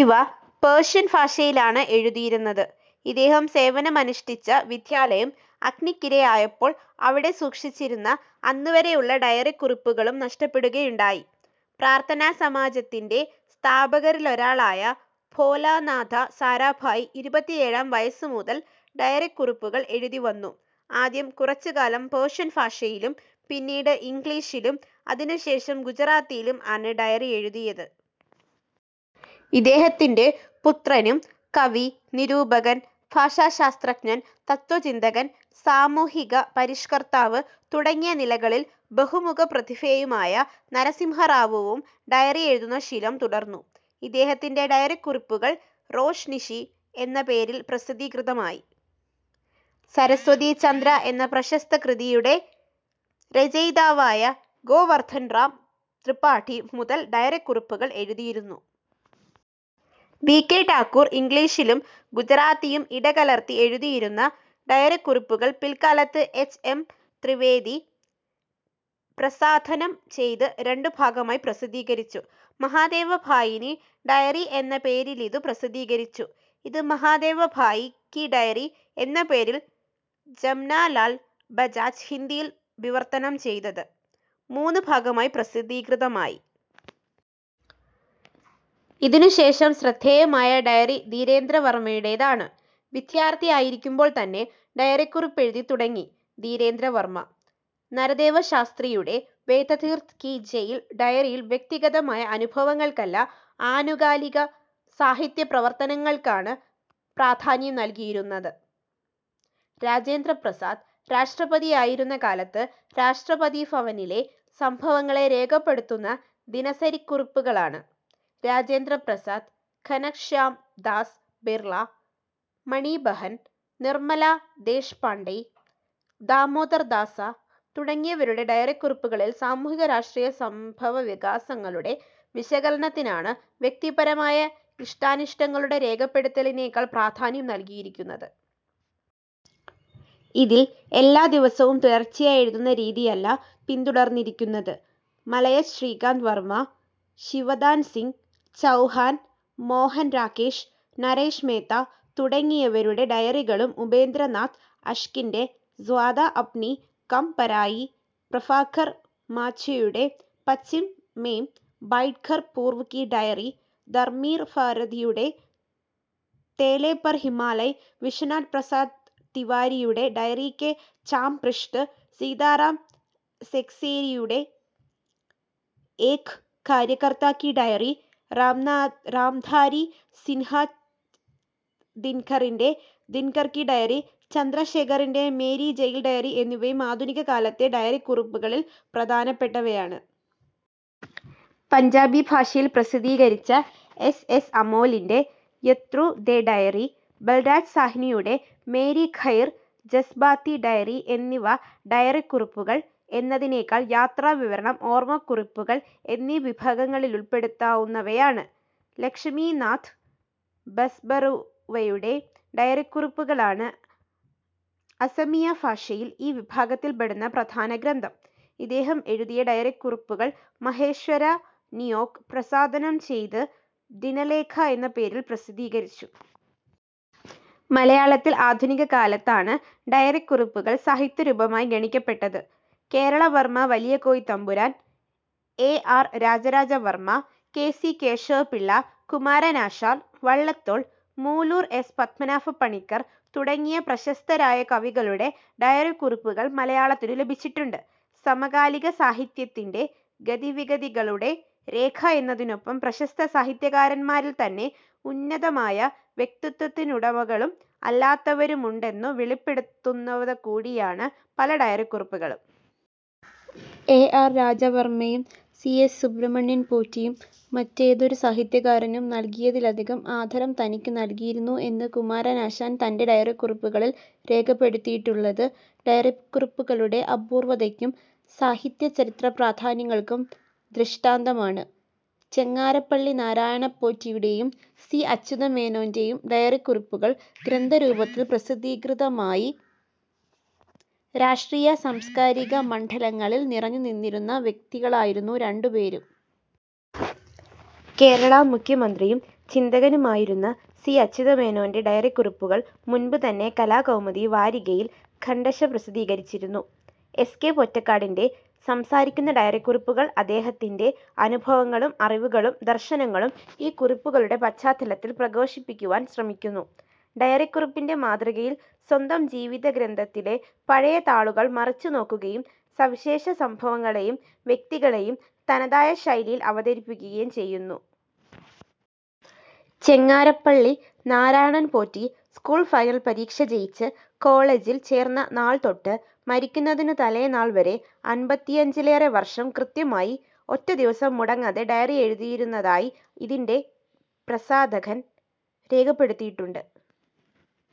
ഇവ പേർഷ്യൻ ഭാഷയിലാണ് എഴുതിയിരുന്നത്. ഇദ്ദേഹം സേവനമനുഷ്ഠിച്ച വിദ്യാലയം അഗ്നിക്കിരയായപ്പോൾ അവിടെ സൂക്ഷിച്ചിരുന്ന അന്നുവരെയുള്ള ഡയറിക്കുറിപ്പുകളും നഷ്ടപ്പെടുകയുണ്ടായി. പ്രാർഥനാസമാജത്തിന്റെ സ്ഥാപകരിലൊരാളായ ഭോലാനാഥ സാരാഭായി ഇരുപത്തിയേഴാം വയസ്സു മുതൽ ഡയറിക്കുറിപ്പുകൾ എഴുതി വന്നു. ആദ്യം കുറച്ചുകാലം പേർഷ്യൻ ഭാഷയിലും പിന്നീട് ഇംഗ്ലീഷിലും അതിനുശേഷം ഗുജറാത്തിയിലും ആണ് ഡയറി എഴുതിയത്. ഇദ്ദേഹത്തിന്റെ പുത്രനും, കവി, നിരൂപകൻ, ഭാഷാശാസ്ത്രജ്ഞൻ, തത്ത്വചിന്തകൻ, സാമൂഹിക പരിഷ്കർത്താവ് തുടങ്ങിയ നിലകളിൽ ബഹുമുഖപ്രതിഭയുമായ നരസിംഹറാവുവും ഡയറി എഴുതുന്ന ശീലം തുടർന്നു. ഇദ്ദേഹത്തിന്റെ ഡയറിക്കുറിപ്പുകൾ റോജ്നിശി എന്ന പേരിൽ പ്രസിദ്ധീകൃതമായി. സരസ്വതിചന്ദ്ര എന്ന പ്രശസ്ത കൃതിയുടെ രചയ്താവായ ഗോവർധൻ റാം ത്രിപാഠി മുതൽ ഡയറിക്കുറിപ്പുകൾ എഴുതിയിരുന്നു. വി. കെ. ഠാകൂർ ഇംഗ്ലീഷും ഗുജറാത്തിയും ഇടകലർത്തി എഴുതിയിരുന്ന ഡയറിക്കുറിപ്പുകൾ പിൽക്കാലത്ത് എച്ച്. എം. ത്രിവേദി പ്രസാധനം ചെയ്ത് രണ്ടു ഭാഗമായി പ്രസീദ്ധീകരിച്ചു. മഹാദേവഭായിനി ഡയറി എന്ന പേരിലിതു പ്രസിദ്ധീകരിച്ചു. ഇത് മഹാദേവഭായി കി ഡയറി എന്ന പേരിൽ ജമ്നാലാൽ ബജാജ് ഹിന്ദിയിൽ വിവർത്തനം ചെയ്തത്, മൂന്നു ഭാഗമായി പ്രസിദ്ധീകൃതമായി. ഇതിനുശേഷം ശ്രദ്ധേയമായ ഡയറി ധീരേന്ദ്രവർമയുടേതാണ്. വിദ്യാർഥിയായിരിക്കുമ്പോൾത്തന്നെ ഡയറിക്കുറിപ്പെഴുതിത്തുടങ്ങി ധീരേന്ദ്രവർമ. നരദേവശാസ്ത്രിയുടെ വേദതീർഥ് കി ജയിൽ ഡയറിയിൽ വ്യക്തിഗതമായ അനുഭവങ്ങൾക്കല്ല, ആനുകാലിക സാഹിത്യ പ്രവർത്തനങ്ങൾക്കാണ് പ്രാധാന്യം നൽകിയിരിക്കുന്നത്. രാജേന്ദ്രപ്രസാദ് രാഷ്ട്രപതിയായിരുന്ന കാലത്ത് രാഷ്ട്രപതിഭവനിലെ സംഭവങ്ങളെ രേഖപ്പെടുത്തുന്ന ദിനസരിക്കുറിപ്പുകളാണ്. രാജേന്ദ്രപ്രസാദ്, ഘനശ്യാമ്ദാസ ബിർല, മണിബഹൻ ,നിർമ്മല ദേശ്പാണ്ഡെ, ദാമോദർദാസ തുടങ്ങിയവരുടെ ഡയറിക്കുറിപ്പുകളിൽ സാമൂഹിക രാഷ്ട്രീയ സംഭവവികാസങ്ങളുടെ വിശകലനത്തിനാണ്, വ്യക്തിപരമായ ഇഷ്ടാനിഷ്ടങ്ങളുടെ രേഖപ്പെടുത്തലിനേക്കാൾ പ്രാധാന്യം നൽകിയിരിക്കുന്നത്. ഇതിൽ, എല്ലാ ദിവസവും തുടർച്ചയായി എഴുതുന്ന രീതിയല്ല പിന്തുടർന്നിരിക്കുന്നത്. മലയജ്, ശ്രീകാന്ത് വർമ, ശിവദാൻസിംഹ് ചൗഹാൻ, മോഹൻ രാകേശ്, നരേശ് മേഹ്ത്ത തുടങ്ങിയവരുടെ ഡയറികളും ഉപേന്ദ്രനാഥ് അശ്കിന്റെ സ്യാദാ അപനി കമ് പരായി, പ്രഭാകർ മാച്വെയുടെ പശ്ചിമ് മെം ബൈഠ് കർ പൂർവ് കീ ഡയറി, ധർമ്വീർ ഭാരതിയുടെ തേലെ പർ ഹിമാലയ്, വിശ്വനാഥ് പ്രസാദ് തിവാരിയുടെ ഡയറി കെ പാംച് പൃഷ്ഠ്, സീതാറാം സെക്സേരിയുടെ ഏക് കാര്യകർതാ കീ ഡയറി, രാംധാരി സിൻഹ് ദിൻകറിന്റെ ദിൻകർ കീ ഡയറി, ചന്ദ്രശേഖറിന്റെ മേരി ജയിൽ ഡയറി എന്നിവയും ആധുനിക കാലത്തെ ഡയറിക്കുറിപ്പുകളിൽ പ്രധാനപ്പെട്ടവയാണ്. പഞ്ചാബി ഭാഷയിൽ പ്രസിദ്ധീകരിച്ച എസ്. എസ്. അമോലിന്റെ യത്രു ദെ ഡയറി, ബൽരാജ് സാഹ്നിയുടെ മേരി ഘൈർ ജസ്ബാതി ഡയറി എന്നിവ ഡയറിക്കുറിപ്പുകൾ എന്നതിനെക്കാൾ യാത്രാവിവരണം, ഓർമക്കുറിപ്പുകൾ എന്നീവിഭാഗങ്ങളിലുൾപ്പെടുത്താവുന്നവയാണ്. ലക്ഷമീ നാഥ് ബസ്ബറുവയുടെ ഡയറിക്കുറിപ്പുകളാണ് അസമിയ ഭാഷയിൽ ഈ വിഭാഗത്തിൽപ്പെടുന്ന പ്രധാന ഗ്രന്ഥം. ഇദ്ദേഹം എഴുതിയ ഡയറിക്കുറിപ്പുകൾ മഹേശ്വര നിയോഗ് പ്രസാധനം ചെയ്ത് ദിനലേഖ എന്ന പേരിൽ പ്രസിദ്ധീകരിച്ചു. മലയാളത്തിൽ ആധുനിക കാലത്താണ് ഡയറിക്കുറിപ്പുകൾ സാഹിത്യരൂപമായി ഗണിക്കപ്പെട്ടത്. Kerala Varma Valiyakoithampuran, A. R. Rajaraja Varma, K. C. Kesava Pillai, Kumaranasan, Vallathol, Moolur S. Padmanabhapanicker തുടങ്ങിയ പ്രശസ്തരായ കവികളുടെ ഡയറിക്കുറിപ്പുകൾ മലയാളത്തിനു ലഭിച്ചിട്ടുണ്ട്. സമകാലിക സാഹിത്യത്തിന്റെ ഗതിവിഗതികളുടെ രേഖ എന്നതിനൊപ്പം പ്രശസ്ത സാഹിത്യകാരന്മാരിൽത്തന്നെ ഉന്നതമായ വ്യക്തിത്വത്തിനുടമകളും അല്ലാത്തവരുമുണ്ടെന്നു വെളിപ്പെടുത്തുന്നവകൂടിയാണ് പല ഡയറിക്കുറിപ്പുകളും. ഏ. ആർ. രാജരാജവർമയും സി. എസ്. സുബ്രഹ്മണ്യൻ പോറ്റിയും മറ്റേതൊരു സാഹിത്യകാരനും നൽകിയതിലധികം ആദരം തനിക്കു നൽകിയിരുന്നു എന്ന് കുമാരനാശാൻ തന്റെ ഡയറിക്കുറിപ്പുകളിൽ രേഖപ്പെടുത്തിയിട്ടുള്ളത് ഡയറിക്കുറിപ്പുകളുടെ അപൂർവതക്കും സാഹിത്യ ചരിത്ര പ്രാധാന്യങ്ങൾക്കും ദൃഷ്ടാന്തമാണ്. ചെങ്ങാരപ്പള്ളി നാരായണൻ പോറ്റിയുടേയും സി. അച്യുതമേനോന്റേയും ഡയറിക്കുറിപ്പുകൾ ഗ്രന്ഥരൂപത്തിൽ പ്രസിദ്ധീകൃതമായി. രാഷ്ട്രീയ, സാംസ്കാരിക മണ്ഡലങ്ങളിൽ നിറഞ്ഞുനിന്നിരുന്ന വ്യക്തികളായിരുന്നു രണ്ടുപേരും. കേരള മുഖ്യമന്ത്രിയും ചിന്തകനുമായിരുന്ന സി. അച്യുതമേനോന്റെ ഡയറിക്കുറിപ്പുകൾ മുൻപുതന്നെ കലാകൗമുദി വാരികയിൽ ഖണ്ഡശഃ പ്രസിദ്ധീകരിച്ചിരുന്നു. എസ്. കെ. പൊറ്റക്കാടിന്റെ സംസാരിക്കുന്ന ഡയറിക്കുറിപ്പുകൾ അദ്ദേഹത്തിന്റെ അനുഭവങ്ങളും അറിവുകളും ദർശനങ്ങളും ഈ കുറിപ്പുകളുടെ പശ്ചാത്തലത്തിൽ പ്രകാശിപ്പിക്കുവാൻ ശ്രമിക്കുന്നു. ഡയറിക്കുറിപ്പിന്റെ മാതൃകയിൽ സ്വന്തം ജീവിതഗ്രന്ഥത്തിലെ പഴയ താളുകൾ മറിച്ചു നോക്കുകയും സവിശേഷ സംഭവങ്ങളേയും വ്യക്തികളേയും തനതായ ശൈലിയിൽ അവതരിപ്പിക്കുകയും ചെയ്യുന്നു. ചെങ്ങാരപ്പള്ളി നാരായണൻ പോറ്റി സ്കൂൾ ഫൈനൽ പരീക്ഷ ജയിച്ച് കോളജിൽ ചേർന്ന നാൾതൊട്ട് മരിക്കുന്നതിനു തലേനാൾ വരെ അൻപത്തിഅഞ്ചിലേറെ വർഷം കൃത്യമായി, ഒറ്റ ദിവസം മുടങ്ങാതെ ഡയറി എഴുതിയിരുന്നതായി ഇതിന്റെ പ്രസാധകൻ രേഖപ്പെടുത്തിയിട്ടുണ്ട്.